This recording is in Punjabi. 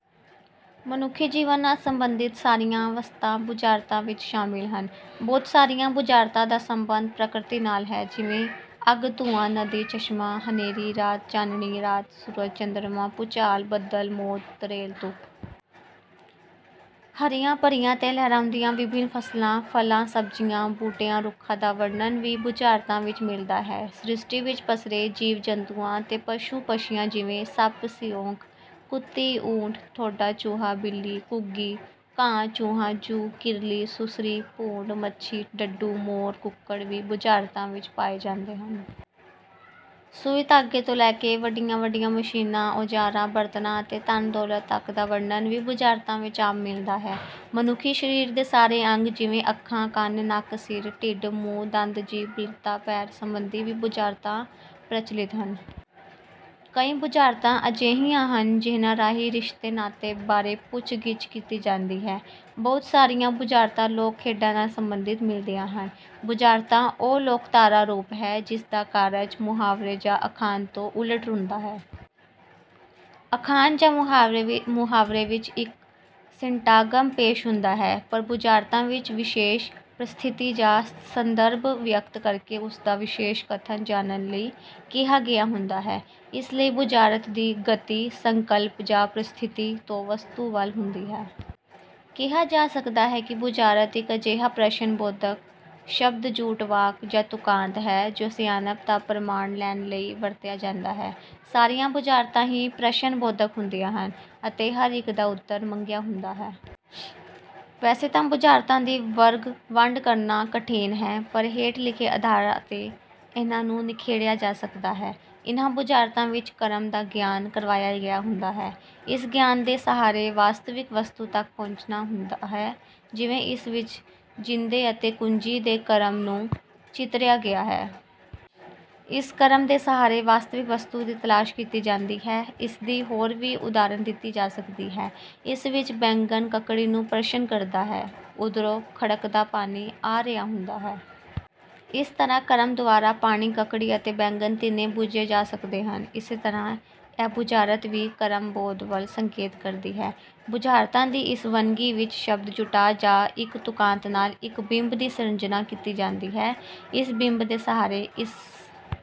ਮਨੁੱਖੀ ਜੀਵਨ ਨਾਲ ਸੰਬੰਧਿਤ ਸਾਰੀਆਂ ਵਸਤਾਂ ਬੁਝਾਰਤਾਂ ਵਿੱਚ ਸ਼ਾਮਿਲ ਹਨ। ਬਹੁਤ ਸਾਰੀਆਂ ਬੁਝਾਰਤਾਂ ਦਾ ਸੰਬੰਧ ਪ੍ਰਕ੍ਰਿਤੀ ਨਾਲ ਹੈ ਜਿਵੇਂ ਅੱਗ ਧੂੰਆਂ ਨਦੀ ਚਸ਼ਮਾ ਹਨੇਰੀ ਰਾਤ ਚਾਨਣੀ ਰਾਤ ਸੂਰਜ ਚੰਦਰਮਾ ਭੂਚਾਲ ਬੱਦਲ ਮੌਤ ਤਰੇਲ ਧੁੱਪ। ਹਰੀਆਂ ਭਰੀਆਂ ਤੇ ਲਹਿਰਾਉਂਦੀਆਂ ਵਿਭਿੰਨ ਫਸਲਾਂ ਫਲਾਂ ਸਬਜ਼ੀਆਂ ਬੂਟਿਆਂ ਰੁੱਖਾਂ ਦਾ ਵਰਨਣ ਵੀ ਬੁਝਾਰਤਾਂ ਵਿੱਚ ਮਿਲਦਾ ਹੈ। ਸ੍ਰਿਸ਼ਟੀ ਵਿੱਚ ਪਸਰੇ ਜੀਵ ਜੰਤੂਆਂ ਤੇ ਪਸ਼ੂ ਪੰਛੀਆਂ ਜਿਵੇਂ ਸੱਪ ਸਿਉਂਕ ਕੁੱਤੀ ਊਠ ਥੋਡਾ ਚੂਹਾ ਬਿੱਲੀ ਘੁੱਗੀ ਕਾਂ ਚੂਹਾ ਜੂੰ ਕਿਰਲੀ ਸੁਸਰੀ ਭੂੰਡ ਮੱਛੀ ਡੱਡੂ ਮੋਰ ਕੁੱਕੜ ਵੀ ਬੁਝਾਰਤਾਂ ਵਿੱਚ ਪਾਏ ਜਾਂਦੇ ਹਨ। ਸੂਈ ਧਾਗੇ ਤੋਂ ਲੈ ਕੇ ਵੱਡੀਆਂ ਵੱਡੀਆਂ ਮਸ਼ੀਨਾਂ ਔਜ਼ਾਰਾਂ ਬਰਤਨਾਂ ਅਤੇ ਧਨ ਦੌਲਤ ਤੱਕ ਦਾ ਵਰਣਨ ਵੀ ਬੁਝਾਰਤਾਂ ਵਿੱਚ ਆਮ ਮਿਲਦਾ ਹੈ। ਮਨੁੱਖੀ ਸਰੀਰ ਦੇ ਸਾਰੇ ਅੰਗ ਜਿਵੇਂ ਅੱਖਾਂ ਕੰਨ ਨੱਕ ਸਿਰ ਢਿੱਡ ਮੂੰਹ ਦੰਦ ਜੀਭ ਲੱਤਾਂ ਪੈਰ ਸੰਬੰਧੀ ਵੀ ਬੁਝਾਰਤਾਂ ਪ੍ਰਚਲਿਤ ਹਨ। ਕਈ ਬੁਝਾਰਤਾਂ ਅਜਿਹੀਆਂ ਹਨ ਜਿਹਨਾਂ ਰਾਹੀਂ ਰਿਸ਼ਤੇ ਨਾਤੇ ਬਾਰੇ ਪੁੱਛ ਗਿੱਛ ਕੀਤੀ ਜਾਂਦੀ ਹੈ। ਬਹੁਤ ਸਾਰੀਆਂ ਬੁਝਾਰਤਾਂ ਲੋਕ ਖੇਡਾਂ ਨਾਲ ਸੰਬੰਧਿਤ ਮਿਲਦੀਆਂ ਹਨ। ਬੁਝਾਰਤਾਂ ਉਹ ਲੋਕਧਾਰਾ ਰੂਪ ਹੈ ਜਿਸ ਦਾ ਕਾਰਜ ਮੁਹਾਵਰੇ ਜਾਂ ਅਖਾਣ ਤੋਂ ਉਲਟ ਹੁੰਦਾ ਹੈ। ਅਖਾਣ ਜਾਂ ਮੁਹਾਵਰੇ ਵਿੱਚ ਇੱਕ ਸਿੰਟਾਗਮ ਪੇਸ਼ ਹੁੰਦਾ ਹੈ। ਪਰ ਬੁਝਾਰਤਾਂ ਵਿੱਚ ਵਿਸ਼ੇਸ਼ ਪਰਿਸਥਿਤੀ ਜਾਂ ਸੰਦਰਭ ਵਿਅਕਤ ਕਰਕੇ ਉਸ ਦਾ ਵਿਸ਼ੇਸ਼ ਕਥਨ ਜਾਣਨ ਲਈ ਕਿਹਾ ਗਿਆ ਹੁੰਦਾ ਹੈ। ਇਸ ਲਈ ਬੁਝਾਰਤ ਦੀ ਗਤੀ ਸੰਕਲਪ ਜਾਂ ਪਰਿਸਥਿਤੀ ਤੋਂ ਵਸਤੂ ਵੱਲ ਹੁੰਦੀ ਹੈ। ਕਿਹਾ ਜਾ ਸਕਦਾ ਹੈ ਕਿ ਬੁਝਾਰਤ ਇੱਕ ਅਜਿਹਾ ਪ੍ਰਸ਼ਨ ਬੋਧਕ ਸ਼ਬਦ ਜੁੱਟ ਵਾਕ ਜਾਂ ਤੁਕਾਂਤ ਹੈ ਜੋ ਸਿਆਣਪ ਦਾ ਪ੍ਰਮਾਣ ਲੈਣ ਲਈ ਵਰਤਿਆ ਜਾਂਦਾ ਹੈ। ਸਾਰੀਆਂ ਬੁਝਾਰਤਾਂ ਹੀ ਪ੍ਰਸ਼ਨ ਬੋਧਕ ਹੁੰਦੀਆਂ ਹਨ ਅਤੇ ਹਰ ਇੱਕ ਦਾ ਉੱਤਰ ਮੰਗਿਆ ਗਿਆ ਹੁੰਦਾ ਹੈ। ਵੈਸੇ ਤਾਂ ਬੁਝਾਰਤਾਂ ਦੀ ਵਰਗ ਵੰਡ ਕਰਨਾ ਕਠਿਨ ਹੈ ਪਰ ਹੇਠ ਲਿਖੇ ਅਧਾਰਾਂ ਤੇ ਇਨ੍ਹਾਂ ਨੂੰ ਨਿਖੇੜਿਆ ਜਾ ਸਕਦਾ ਹੈ। ਇਨ੍ਹਾਂ ਬੁਝਾਰਤਾਂ ਵਿੱਚ ਕਰਮ ਦਾ ਗਿਆਨ ਕਰਵਾਇਆ ਗਿਆ ਹੁੰਦਾ ਹੈ। ਇਸ ਗਿਆਨ ਦੇ ਸਹਾਰੇ ਵਾਸਤਵਿਕ ਵਸਤੂ ਤੱਕ ਪਹੁੰਚਣਾ ਹੁੰਦਾ ਹੈ ਜਿਵੇਂ ਇਸ ਵਿੱਚ ਜਿੰਦੇ ਅਤੇ ਕੁੰਜੀ ਦੇ ਕਰਮ ਨੂੰ ਚਿਤਰਿਆ ਗਿਆ ਹੈ। ਇਸ ਕਰਮ ਦੇ ਸਹਾਰੇ ਵਾਸਤਵਿਕ ਵਸਤੂ ਦੀ ਤਲਾਸ਼ ਕੀਤੀ ਜਾਂਦੀ ਹੈ। ਇਸਦੀ ਹੋਰ ਵੀ ਉਦਾਹਰਨ ਦਿੱਤੀ ਜਾ ਸਕਦੀ ਹੈ। ਇਸ ਵਿੱਚ ਬੈਂਗਣ ਕੱਕੜੀ ਨੂੰ ਪ੍ਰਸ਼ਨ ਕਰਦਾ ਹੈ। ਉਧਰੋਂ ਖੜਕਦਾ ਪਾਣੀ ਆ ਰਿਹਾ ਹੁੰਦਾ ਹੈ। ਇਸ ਤਰ੍ਹਾਂ ਕਰਮ ਦੁਆਰਾ ਪਾਣੀ ਕੱਕੜੀ ਅਤੇ ਬੈਂਗਣ ਤਿੰਨੇ ਬੁੱਝੇ ਜਾ ਸਕਦੇ ਹਨ। ਇਸੇ ਤਰ੍ਹਾਂ ਇਹ ਬੁਝਾਰਤ ਵੀ ਕਰਮਬੋਧ ਵੱਲ ਸੰਕੇਤ ਕਰਦੀ ਹੈ। ਬੁਝਾਰਤਾਂ ਦੀ ਇਸ ਵੰਨਗੀ ਵਿੱਚ ਸ਼ਬਦ ਜੁੱਟਾਂ ਜਾਂ ਇੱਕ ਤੁਕਾਂਤ ਨਾਲ ਇੱਕ ਬਿੰਬ ਦੀ ਸਿਰਜਣਾ ਕੀਤੀ ਜਾਂਦੀ ਹੈ। ਇਸ ਬਿੰਬ ਦੇ ਸਹਾਰੇ ਇਸ